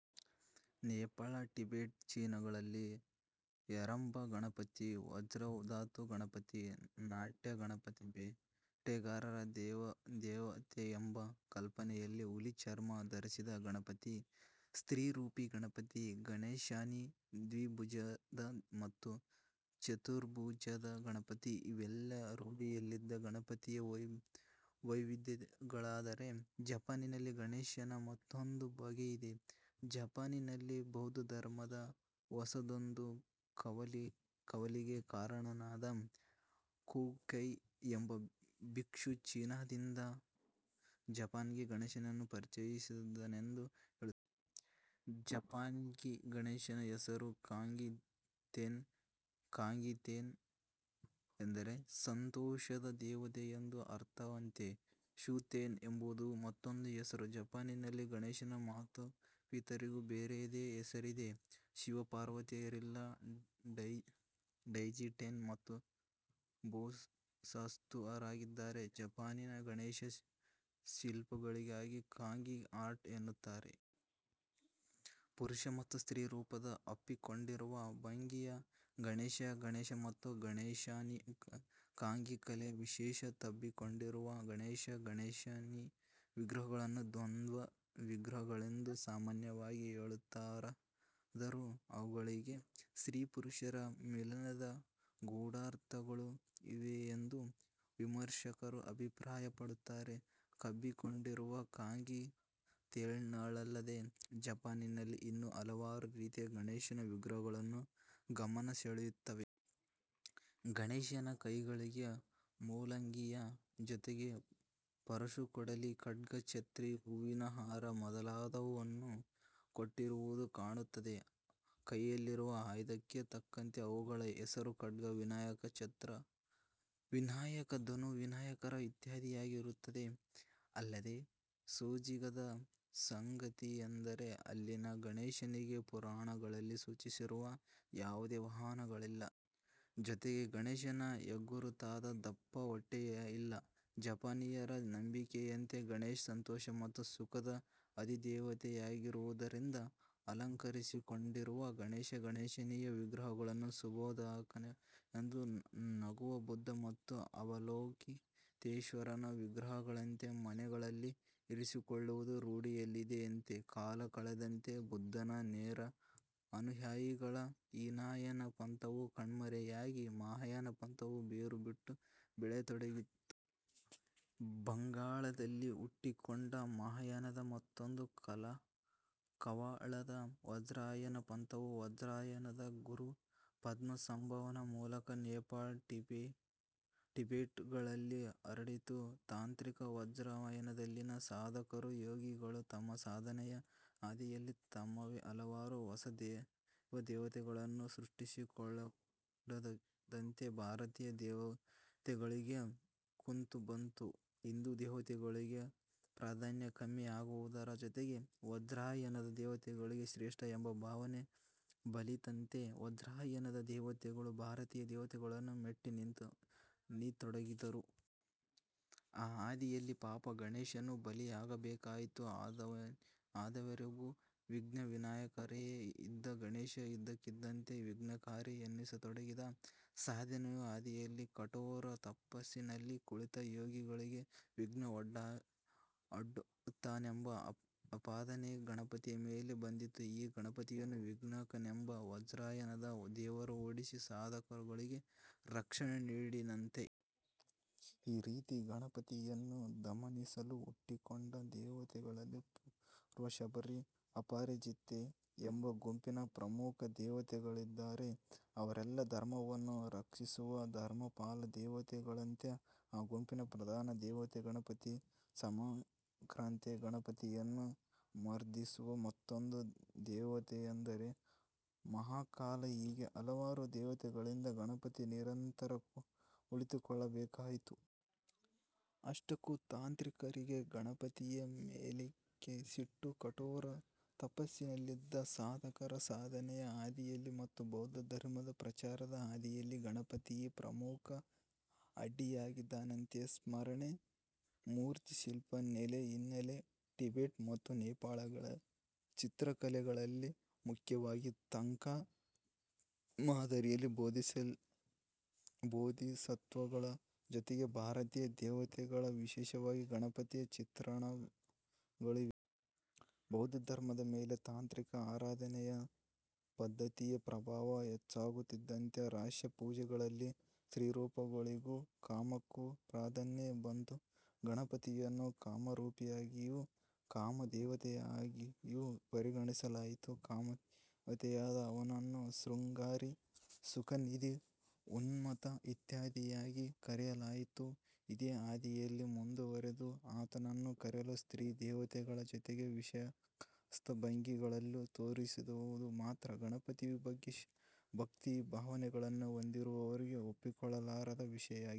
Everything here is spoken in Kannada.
ನೇಪಾಳ, ಟಿಬೆಟ್, ಚೀನಾಗಳಲ್ಲಿ ಹೇರಂಬ ಗಣಪತಿ, ವಜ್ರಧಾತು ಗಣಪತಿ, ನಾಟ್ಯ ಗಣಪತಿ, ಬೇಟೆಗಾರರ ದೇವತೆಯೆಂಬ ಕಲ್ಪನೆಯಲ್ಲಿ ಹುಲಿ ಚರ್ಮ ಧರಿಸಿದ ಗಣಪತಿ, ಸ್ತ್ರೀ ರೂಪಿ ಗಣಪತಿ ಗಣೇಶಾನಿ ದ್ವಿಭುಜದ ಮತ್ತು ಚತುರ್ಭುಜದ ಗಣಪತಿ ಇವೆಲ್ಲ ರೂಢಿಯಲ್ಲಿದ್ದ ಗಣಪತಿಯ ವೈವಿಧ್ಯಗಳಾದರೆ ಜಪಾನಿನಲ್ಲಿ ಗಣೇಶನ ಮತ್ತೊಂದೇ ಬಗೆಯಿದೆ. ಜಪಾನಿನಲ್ಲಿ ಬೌದ್ಧ ಧರ್ಮದ ಹೊಸದೊಂದು ಕವಲಿಗೆ ಕಾರಣನಾದ 'ಕುಕೈ' ಎಂಬ ಬಿಕ್ಷು ಚೀನಾದಿಂದ ಜಪಾನ್ಗೆ ಗಣೇಶನನ್ನು ಪರಿಚಯಿಸಿದನೆಂದು ಹೇಳುತ್ತಾರೆ. ಜಪಾನ್ಲ್ಲಿ ಗಣೇಶನ ಹೆಸರು ಕಾಂಗಿ-ತೆನ್. ಕಾಂಗಿ-ತೆನ್ ಎಂದರೆ ಸಂತೋಷದ ದೇವತೆ ಎಂದು ಅರ್ಥವಂತೆ. ಶೂ-ತೆನ್ ಎಂಬುದು ಮತ್ತೊಂದು ಹೆಸರು. ಜಪಾನಿನಲ್ಲಿ ಗಣೇಶನ ಮಾತಾ ಪಿತರಿಗೂ ಬೇರೆಯದೇ ಹೆಸರಿದೆ. ಶಿವ ಪಾರ್ವತಿಯರಿಲ್ಲಿ ಡೈಜಿ ಟೆನ್ ಮತ್ತು ಬೊಸಾತ್ಸು ಆಗಿದ್ದಾರೆ. ಜಪಾನಿನ ಗಣೇಶ ಶಿಲ್ಪಗಳಿಗೆ ಕಾಂಗಿ ಆರ್ಟ್ ಎನ್ನುತ್ತಾರೆ. ಪುರುಷ ಮತ್ತು ಸ್ತ್ರೀ ರೂಪದ ಅಪ್ಪಿಕೊಂಡಿರುವ ಭಂಗಿಯ ಗಣೇಶ ಗಣೇಶ ಮತ್ತು ಗಣೇಶಾನಿ ಕಾಂಗಿ ಕಲೆಯ ವಿಶೇಷ. ತಬ್ಬಿಕೊಂಡಿರುವ ಗಣೇಶ-ಗಣೇಶಾನಿ ವಿಗ್ರಹಗಳನ್ನು ದ್ವಂದ್ವ ವಿಗ್ರಹಗಳೆಂದು ಸಾಮಾನ್ಯವಾಗಿ ಹೇಳುತ್ತಾರಾದರೂ ಅವುಗಳಿಗೆ ಸ್ತ್ರೀ-ಪುರುಷರ ಮಿಲನದ ಗೂಢಾರ್ಥಗಳೂ ಇವೆಯೆಂದು ವಿಮರ್ಶಕರು ಅಭಿಪ್ರಾಯ ಪಡುತ್ತಾರೆ. ತಬ್ಬಿಕೊಂಡಿರುವ ಕಾಂಗಿ-ತೇನ್ಗಳಲ್ಲದೆ ಜಪಾನಿನಲ್ಲಿ ಇನ್ನೂ ಹಲವಾರು ರೀತಿಯ ಗಣೇಶನ ವಿಗ್ರಹಗಳು ಗಮನ ಸೆಳೆಯುತ್ತವೆ. ಗಣೇಶನ ಕೈಗಳಿಗೆ ಮೂಲಂಗಿಯ ಜೊತೆಗೆ ಪರಶುಕೊಡಲಿ, ಖಡ್ಗ, ಚತ್ರಿ, ಹೂವಿನ ಹಾರ ಮೊದಲಾದುವನ್ನು ಕೊಟ್ಟಿರುವುದು ಕಾಣುತ್ತದೆ. ಕೈಲಿರುವ ಆಯುಧಕ್ಕೆ ತಕ್ಕಂತೆ ಅವುಗಳ ಹೆಸರು ಖಡ್ಗ ವಿನಾಯಕ, ಛತ್ರ ವಿನಾಯಕ, ಧನುರ್ ವಿನಾಯಕ ಇತ್ಯಾದಿಯಾಗಿ ಇರುತ್ತದೆ. ಅಲ್ಲದೆ ಸೋಜಿಗದ ಸಂಗತಿಯೆಂದರೆ ಇಲ್ಲಿನ ಗಣೇಶನಿಗೆ ಪುರಾಣಗಳಲ್ಲಿ ಸೂಚಿಸಿರುವ ಯಾವುದೇ ವಾಹನಗಳಿಲ್ಲ. ಜೊತೆಗೆ ಗಣೇಶನ ಹೆಗ್ಗುರುತಾದ ದಪ್ಪ ಹೊಟ್ಟೆಯೇ ಇಲ್ಲ. ಜಪಾನೀಯರ ನಂಬಿಕೆಯಂತೆ ಗಣೇಶ ಸಂತೋಷ ಮತ್ತು ಸುಖದ ಅಧಿದೇವತೆಯಾಗಿರುವುದರಿಂದ ಆಲಂಗಿಸಿಕೊಂಡಿರುವ ಗಣೇಶ-ಗಣೇಶಾನಿಯ ವಿಗ್ರಹಗಳು ಶುಭದಾಯಕವೆಂದು ನಗುವ ಬುದ್ಧ ಮತ್ತು ಅವಲೋಕಿತೇಶ್ವರನ ವಿಗ್ರಹಗಳಂತೆ ಮನೆಗಳಲ್ಲಿ ಇರಿಸಿಕೊಳ್ಳುವುದು ರೂಢಿಯಲ್ಲಿದೆಯಂತೆ. ಕಾಲಕಳೆದಂತೆ ಬುದ್ಧನ ನೇರ ಅನುಯಾಯಿಗಳ ಹೀನಯಾನ ಪಂಥವು ಕಣ್ಮರೆಯಾಗಿ ಮಹಾಯಾನ ಪಂಥವು ಬೇರು ಬಿಟ್ಟು ಬೆಳೆಯತೊಡಗಿತು. ಬಂಗಾಳದಲ್ಲಿ ಹುಟ್ಟಿಕೊಂಡ ಮಹಾಯಾನದ ಮತ್ತೊಂದು ಕವಲಾದ ವಜ್ರಯಾನ ಪಂಥವು ವಜ್ರಯಾನದ ಗುರು ಪದ್ಮ ಸಂಭವನ ಮೂಲಕ ನೇಪಾಳ, ಟಿಬೆಟ್ಗಳಲ್ಲಿ ಹರಡಿತು. ತಾಂತ್ರಿಕ ವಜ್ರಯಾನದಲ್ಲಿನ ಸಾಧಕರು, ಯೋಗಿಗಳು ತಮ್ಮ ಸಾಧನೆಯ ಹಾದಿಯಲ್ಲಿ ತಮ್ಮವೇ ಹಲವಾರು ಹೊಸ ದೇವ ದೇವತೆಗಳನ್ನು ಸೃಷ್ಟಿಸಿಕೊಳ್ಳತೊಡಗಿದಂತೆ ಭಾರತೀಯ ದೇವತೆಗಳಿಗೆ ಕುತ್ತು ಬಂತು. ಹಿಂದೂ ದೇವರುಗಳಿಗೆ ಪ್ರಾಧಾನ್ಯ ಕಮ್ಮಿಯಾಗುವುದರ ಜೊತೆಗೆ ವಜ್ರಯಾನದ ದೇವತೆಗಳೇ ಶ್ರೇಷ್ಟ ಎಂಬ ಭಾವನೆ ಬಲಿತಂತೆ ವಜ್ರಯಾನದ ದೇವತೆಗಳು ಭಾರತೀಯ ದೇವತೆಗಳನ್ನು ಮೆಟ್ಟಿ ನಿತೊಡಗಿದರು. ಆ ಹಾದಿಯಲ್ಲಿ ಪಾಪ ಗಣೇಶನೂ ಬಲಿಯಾಗಬೇಕಾಯಿತು. ಅದುವರೆವಿಗೂ ವಿಘ್ನ ನಿವಾರಕನಾಗಿಯೇ ಇದ್ದ ಗಣೇಶ ಇದ್ದಕ್ಕಿದ್ದಂತೆ ವಿಘ್ನಕಾರಿ ಎನ್ನಿಸತೊಡಗಿದ. ಸಾಧನೆಯ ಹಾದಿಯಲ್ಲಿ ಕಠೋರ ತಪಸ್ಸಿನಲ್ಲಿ ಕುಳಿತ ಯೋಗಿಗಳಿಗೆ ವಿಘ್ನ ಒಡ್ದುತ್ತಾನೆಂಬ ಆಪಾದನೆ ಗಣಪತಿಯ ಮೇಲೆ ಬಂದಿತು. ಆಗ ಗಣಪತಿಯನ್ನು ವಿಘ್ನಾಂತಕನೆಂಬ ವಜ್ರಯಾನದ ದೇವರು ಓಡಿಸಿ ಸಾಧಕರುಗಳಿಗೆ ರಕ್ಷಣೆ ನೀಡಿದನಂತೆ. ಈ ರೀತಿ ಗಣಪತಿಯನ್ನು ದಮನಿಸಲು ಹುಟ್ಟಿಕೊಂಡ ದೇವತೆಗಳಲ್ಲಿ ಪರ್ಣ ಶಬರಿ, ಅಪರಾಜಿತೆ ಎಂಬ ಗುಂಪಿನ ಪ್ರಮುಖ ದೇವತೆಗಳಿದ್ದಾರೆ. ಅವರೆಲ್ಲ ಧರ್ಮವನ್ನು ರಕ್ಷಿಸುವ "ಧರ್ಮಪಾಲ" ದೇವತೆಗಳಂತೆ ಆ ಗುಂಪಿನ ಪ್ರಧಾನ ದೇವತೆ 'ಗಣಪತಿ ಸಮಾಕ್ರಾಂತೆ'. ಗಣಪತಿಯನ್ನು ಮರ್ದಿಸುವ ಮತ್ತೊಂದು ದೇವತೆಯೆಂದರೆ 'ಮಹಾಕಾಲ' ಹೀಗೆ ಹಲವಾರು ದೇವತೆಗಳಿಂದ ಗಣಪತಿ ನಿರಂತರ ತುಳಿತಕ್ಕೊಳಗಾಗಬೇಕಾಯಿತು. ಅಷ್ಟಕ್ಕೂ ತಾಂತ್ರಿಕರಿಗೆ ಗಣಪತಿಯ ಮೇಲೇಕೆ ಸಿಟ್ಟು? ಕಠೋರ ತಪಸ್ಸಿನಲ್ಲಿದ್ದ ಸಾಧಕರ ಸಾಧನೆಯ ಹಾದಿಯಲ್ಲಿ ಮತ್ತು ಬೌದ್ಧ ಧರ್ಮದ ಪ್ರಚಾರದ ಹಾದಿಯಲ್ಲಿ ಗಣಪತಿಯೇ ಪ್ರಮುಖ ಅಡ್ಡಿಯಾಗಿದ್ದಾನಂತೆ ಸ್ಮರಣೆ, ಮೂರ್ತಿಶಿಲ್ಪ ನೆಲೆ ಹಿನ್ನೆಲೆ ಟಿಬೆಟ್ ಮತ್ತು ನೇಪಾಳಗಳ ಚಿತ್ರಕಲೆಗಳಲ್ಲಿ ಮುಖ್ಯವಾಗಿ ತಂಕಾ ಮಾದರಿಯಲ್ಲಿ ಬೋಧಿಸತ್ವರುಗಳ ಜೊತೆಗೆ ಭಾರತೀಯ ದೇವತೆಗಳ ವಿಶೇಷವಾಗಿ ಗಣಪತಿಯ ಚಿತ್ರಣಗಳೂ ಇವೆ. ಬೌದ್ಧ ಧರ್ಮದ ಮೇಲೆ ತಾಂತ್ರಿಕ ಆರಾಧನೆಯ ಪದ್ಧತಿಯ ಪ್ರಭಾವ ಹೆಚ್ಚಾಗುತ್ತಿದ್ದಂತೆ ರಹಸ್ಯ ಪೂಜೆಗಳಲ್ಲಿ'ಸ್ತ್ರೀರೂಪ'ಗಳಿಗೂ'ಕಾಮ'ಕ್ಕೂ ಪ್ರಾಧಾನ್ಯ ಬಂದು ಗಣಪತಿಯನ್ನು ಕಾಮರೂಪಿಯಾಗಿಯೂ, ಕಾಮ ದೇವತೆಯಾಗಿಯೂ ಪರಿಗಣಿಸಲಾಯಿತು. ಕಾಮದೇವತೆಯಾದ ಅವನನ್ನು ಶೃಂಗಾರಿ, ಸುಖನಿಧಿ, ಉನ್ಮತ್ತ ಇತ್ಯಾದಿಯಾಗಿ ಕರೆಯಲಾಯಿತು. ಇದೇ ಹಾದಿಯಲ್ಲಿ ಮುಂದುವರೆದು ಆತನನ್ನು ಕೆಲವು ಸ್ತ್ರೀ ದೇವತೆಗಳ ಜೊತೆಗೆ 'ವಿಷಯಾಸಕ್ತ ಭಂಗಿ'ಗಳಲ್ಲೂ ತೋರಿಸಿರುವುದು ಮಾತ್ರಾ ಗಣಪತಿಯ ಬಗ್ಗೆ ಭಕ್ತಿ ಭಾವನೆಯನ್ನು ಹೊಂದಿರುವವರಿಗೆ ಒಪ್ಪಿಕೊಳ್ಳಲಾರದ ವಿಷಯವಾಗಿದೆ.